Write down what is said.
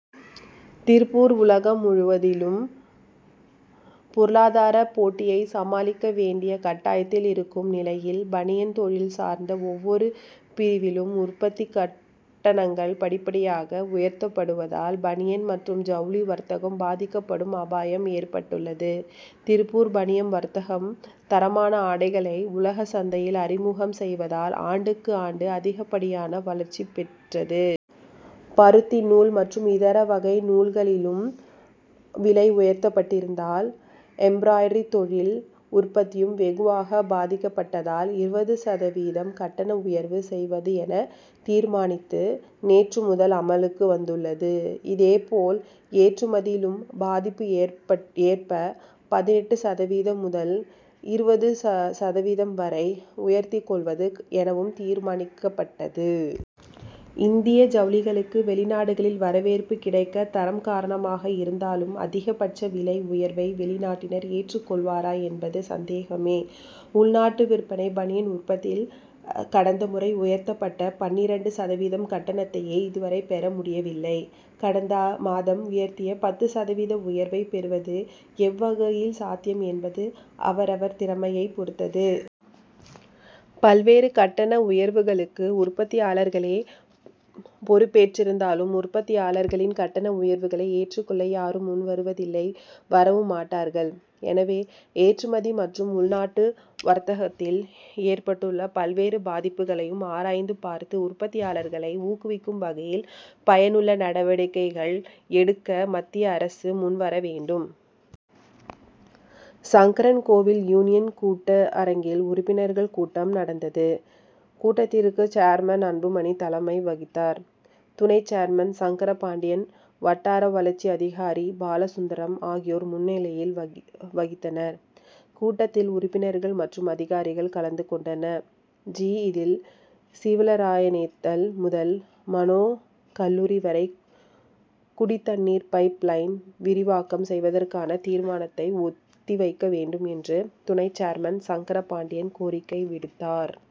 திருப்பூர் உலகம் முழுவதிலும் பொருளாதார போட்டியை சமாளிக்க வேண்டிய கட்டாயத்தில் இருக்கும் நிலையில் பனியன் தொழில் சார்ந்த ஒவ்வொரு பிரிவிலும் உற்பத்தி கட்டணங்கள் படிப்படியாக உயர்த்தப்படுவதால் பனியன் மற்றும் ஜவுளி வர்த்தகம் பாதிக்கப்படும் அபாயம் ஏற்பட்டுள்ளது. திருப்பூர் பனியன் வர்த்தகம் தரமான ஆடைகளை உலகச் சந்தையில் அறிமுகம் செய்ததால் ஆண்டுக்கு ஆண்டு அதிகப்படியான வளர்ச்சி பெற்றது. பருத்தி நூல் மற்றும் இதர வகை நூல்களிலும் விலை உயர்தபட்டிருந்தால் எம்ப்ராய்டரிங் தொழில் உற்பத்தியும் வெகுவாக பாதிக்கப்பட்டதால் இருபது சதவீதம் கட்டண உயர்வு செய்வது என தீர்மானித்து நேற்று முதல் அமலுக்கு வந்துள்ளது. இதேபோல் ஏற்றுமதியிலும் பாதிப்புக்கு ஏற்ப பதினெட்டு சதவீதம் முதல் இருபது சதவீதம் வரை உயர்த்திக் கொள்வது எனவும் தீர்மானிக்கப்பட்டது. இந்திய ஜவுளிகளுக்கு வெளிநாடுகளில் வரவேற்பு கிடைக்க தரம் காரணமாக இருந்தாலும் அதிகபட்ச விலை உயர்வை வெளிநாட்டினர் ஏற்றுக்கொள்வாரா என்பது சந்தேகமே. உள்நாட்டு விற்பனை பனியன் உற்பத்தியில் கடந்த முறை உயர்த்தப்பட்ட பன்னிரண்டு சதவீதம் கட்டணத்தையே இதுவரை பெற முடியவில்லை. கடந்த மாதம் உயர்த்திய பத்து சதவீத உயர்வை பெறுவது எவ்வகையில் சாத்தியம் என்பது அவரவர் திறமையை பொருத்தது. பல்வேறு கட்டண உயர்வுகளுக்கு உற்பத்தியாளர்களே பொறுப்பேற்றிருந்தாலும் உற்பத்தியாளர்களின் கட்டண உயர்வுகளை ஏற்றுக்கொள்ள யாரும் முன்வருவதில்லை வரவும் மாட்டார்கள். எனவே ஏற்றுமதி மற்றும் உள்நாட்டு வர்த்தகத்தில் ஏற்பட்டுள்ள பல்வேறு பாதிப்புகளையும் ஆராய்ந்து பார்த்து உற்பத்தியாளர்களை ஊக்குவிக்கும் வகையில் பயனுள்ள நடவடிக்கைகள் எடுக்க மத்திய அரசு முன்வர வேண்டும். சங்கரன்கோவில் யூனியன் கூட்ட அரங்கில் உறுப்பினர்கள் கூட்டம் நடந்தது. கூட்டத்திற்கு சேர்மன் அன்புமணி தலைமை வகித்தார். துணை சேர்மன் சங்கரபாண்டியன் வட்டார வளர்ச்சி அதிகாரி பாலசுந்தரம் ஆகியோர் முன்னிலையில் வகித்தனர். கூட்டத்தில் உறுப்பினர்கள் மற்றும் அதிகாரிகள் கலந்து கொண்டனர். ஜி. இதில் சீவலராயனேத்தல் முதல் மனோ கல்லூரி வரை குடிதண்ணீர் பைப் லைன் விரிவாக்கம் செய்வதற்கான தீர்மானத்தை ஒத்தி வைக்க வேண்டும் என்று துணை சேர்மன் சங்கரபாண்டியன் கோரிக்கை விடுத்தார்.